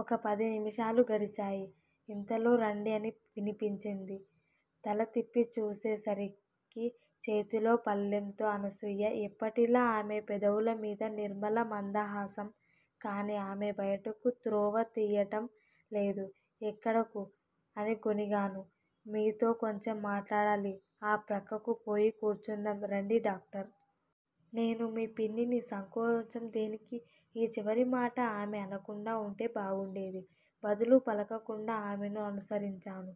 ఒక్క పదినిముషాలు గడిచాయి. ఇంతలో రండి అని వినిపించింది. తల త్రిప్పి చూసే సరికి చేతిలో పళ్ళెంతో అనసూయ, ఎప్పటిలా ఆమె పెదవుల మీద నిర్మల మందహాసం. కాని ఆమె బయటకు త్రోవ తియ్యటం లేదు. ఎక్కడకు? అని గొణిగాను. మీతో కొంచెం మాట్లాడాలి. ఆ ప్రక్కకు పోయి కూర్చుందాం రండి డాక్టర్! నేను మీ పిన్నిని సంకోచం దేనికీ? ఈ చివరిమాట ఆమె అనకుండా వుంటే బాగుండేది. బదులు పలకకుండా ఆమెను అనుసరించాను.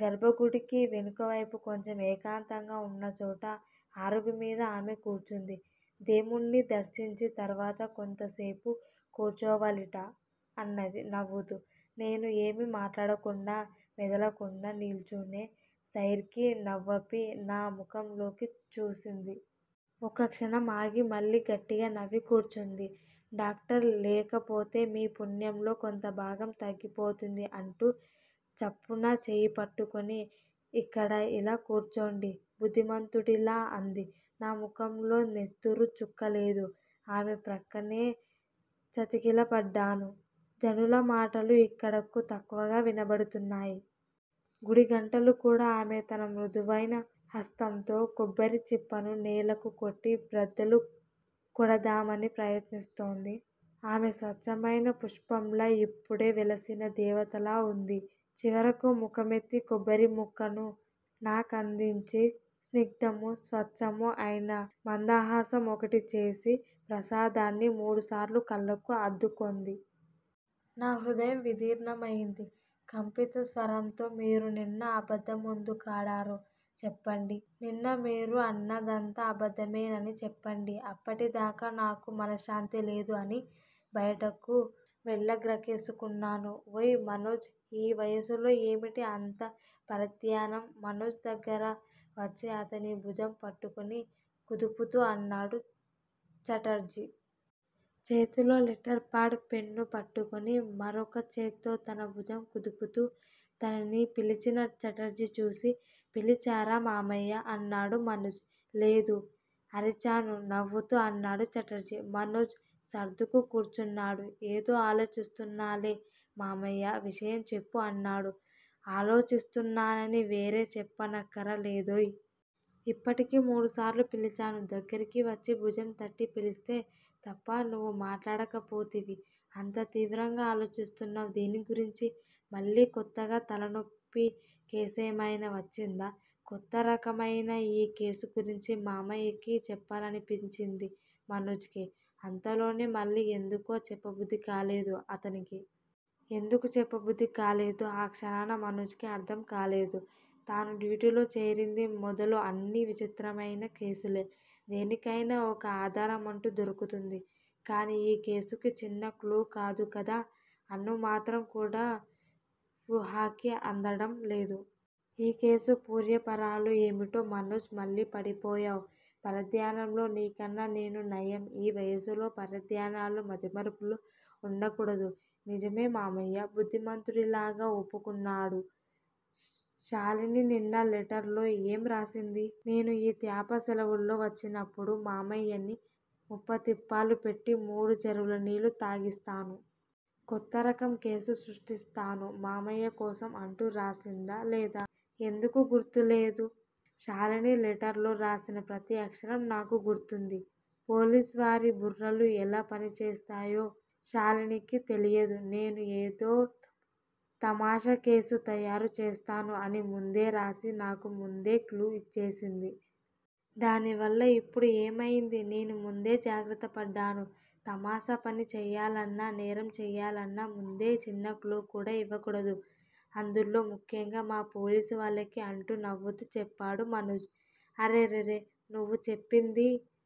గర్భగుడికి వెనుకవైపు కొంచెం ఏకాంతంగా వున్నచోట అరుగుమీద ఆమె కూర్చుంది. దేముడ్ని దర్శించిన తర్వాత కొంతసేపు కూర్చోవాలిట అన్నది నవ్వుతూ. నేను ఏమీ మాట్లాడకుండా మెదలకుండా నిల్చునే సైర్కి నవ్వాపి నా ముఖంలోకి చూసింది. ఒక్కక్షణం ఆగి మళ్ళీ గట్టిగా నవ్వి కూర్చోండి డాక్టర్ లేకపోతే మీ పుణ్యంలో కొంత భాగం తగ్గిపోతుంది అంటూ చప్పున చెయ్యిపట్టుకుని ఇక్కడ ఇలా కూర్చోండి బుద్దిమంతుడిలా అంది. నా ముఖంలో నెత్తురు చుక్కలేదు. ఆమె ప్రక్కనే చతికిలబడ్డాను. జనుల మాటలు యిక్కడకు తక్కువగా వినబడుతున్నాయి. గుడిగంటలు కూడా ఆమె తన మృదువైన హస్తంతో కొబ్బరిచిప్పను నేలకు కొట్టి బ్రద్దలు కొడదామణి ప్రయత్నిస్తోంది. ఆమె స్వచ్చమైన పుష్పంలా యిప్పుడే వెలసిన దేవతలా వుంది. చివరకు ముఖమెత్తి కొబ్బరిముక్కను నాకందించి, స్నిగ్ధమూ, స్వచ్చమూ అయిన మందహాసం ఒకటి చేసి ప్రసాదాన్ని మూడుసార్లు కళ్ళకు అద్దుకొంది. నా హృదయం విదీర్ణమయింది. కంపిత స్వరంతో మీరు నిన్న అబద్దమెందుకాడారు? చెప్పండి. నిన్న మీరు అన్నదంతా అబద్దమేనని చెప్పండి. అప్పటిదాకా నాకు మనశ్శాంతి లేదు అని బయటకు వెళ్ళగ్రక్కేసుకున్నాను. ఓయ్! మనోజ్! ఈ వయస్సులో ఏమిటి అంత పరధ్యానం? మనోజ్ దగ్గరగా వచ్చి అతని భుజం పట్టుకుని కుదుపుతూ అన్నాడు ఛటర్జీ. చేతిలో లెటర్ పాడ్, పెన్ను పట్టుకుని, మరొకచేత్తో తన భుజం కుదుపుతూ, తనని పిలిచిన ఛటర్జీ చూసి, పిలిచారా మామయ్యా! అన్నాడు మనోజ్. లేదు! అరిచాను నవ్వుతూ అన్నాడు ఛటర్జీ. మనోజ్ సర్దుకు కూర్చున్నాడు. ఏదో ఆలోచిస్తున్నాలే మామయ్యా! విషయం చెప్పు! అన్నాడు. ఆలోచిస్తున్నానని వేరే చెప్పనక్కర లేదోయ్! ఇప్పటికి మూడుసార్లు పిలిచాను దగ్గరికి వచ్చి భుజం తట్టి పిలిస్తే తప్ప నువ్వు మాట్లాడకపోతివి. అంత తీవ్రంగా ఆలోచిస్తున్నావ్ దేని గురించి? మళ్ళీ క్రొత్తగా తలనొప్పి కేసేమయినా వచ్చిందా? క్రొత్త రకమయిన ఈ కేసు గురించి మామయ్యకి చెప్పాలనిపించింది మనోజ్ కి. అంతలోనే మళ్ళీ ఎందుకో చెప్పబుద్దికాలేదు అతనికి. ఎందుకు చెప్పబుద్ది కాలేదో ఆ క్షణాన మనోజ్ కి అర్ధం కాలేదు. తను డ్యూటీలో చేరింది మొదలు అన్నీ విచిత్రమయిన కేసులే. దేనికయినా ఒక ఆధారమంటూ దొరుకుతుంది. కానీ ఈ కేసుకి చిన్న క్లూ కాదు కదా! అణు మాత్రం కూడా వూహకి అందటం లేదు. ఈ కేసు పూర్వాపరాలు ఏమిటో? మనోజ్! మళ్ళీ పడిపోయావ్ పరధ్యానంలో నీకన్నా నేను నయం ఈ వయస్సులో పరధ్యానాలూ, మతిమరుపులూ వుండకూడదు. నిజమే మామయ్యా! బుద్ధిమంతుడిలాగా ఒప్పుకున్నాడు. షాలిని నిన్న లెటర్ లో ఏం రాసింది? నేను ఈ త్యాప శెలవుల్లో వచ్చినప్పుడు. మామయ్యని ముప్పతిప్పలు పెట్టి మూడు చెరువుల నీళ్లు తాగిస్తాను. కొత్త రకం కేసు సృష్టిస్తాను మామయ్య కోసం అంటూ రాసిందా లేదా? ఎందుకు గుర్తు లేదూ! షాలిని లెటర్ లో రాసిన ప్రతి అక్షరం నాకు గుర్తుంది. పోలీసు వారి బుర్రలు ఎలా పనిచేస్తాయో షాలినీకి తెలియదు. నేను ఏదో తమాషా కేసు తయారు చేస్తాను అని ముందే రాసి నాకు ముందే క్లూ ఇచ్చేసింది. దానివల్ల ఇప్పుడు ఏమయింది? నేను ముందే జాగ్రత్త పడతాను. తమాషా పని చెయ్యాలన్నా, నేరం చెయ్యాలన్నా, ముందే చిన్న క్లూ కూడా ఇవ్వకూడదు. అందులో ముఖ్యంగా మా పోలీసు వాళ్ళకి అంటూ నవ్వుతూ చెప్పాడు మనోజ్. అరెరె! నువ్వు చెప్పిందీ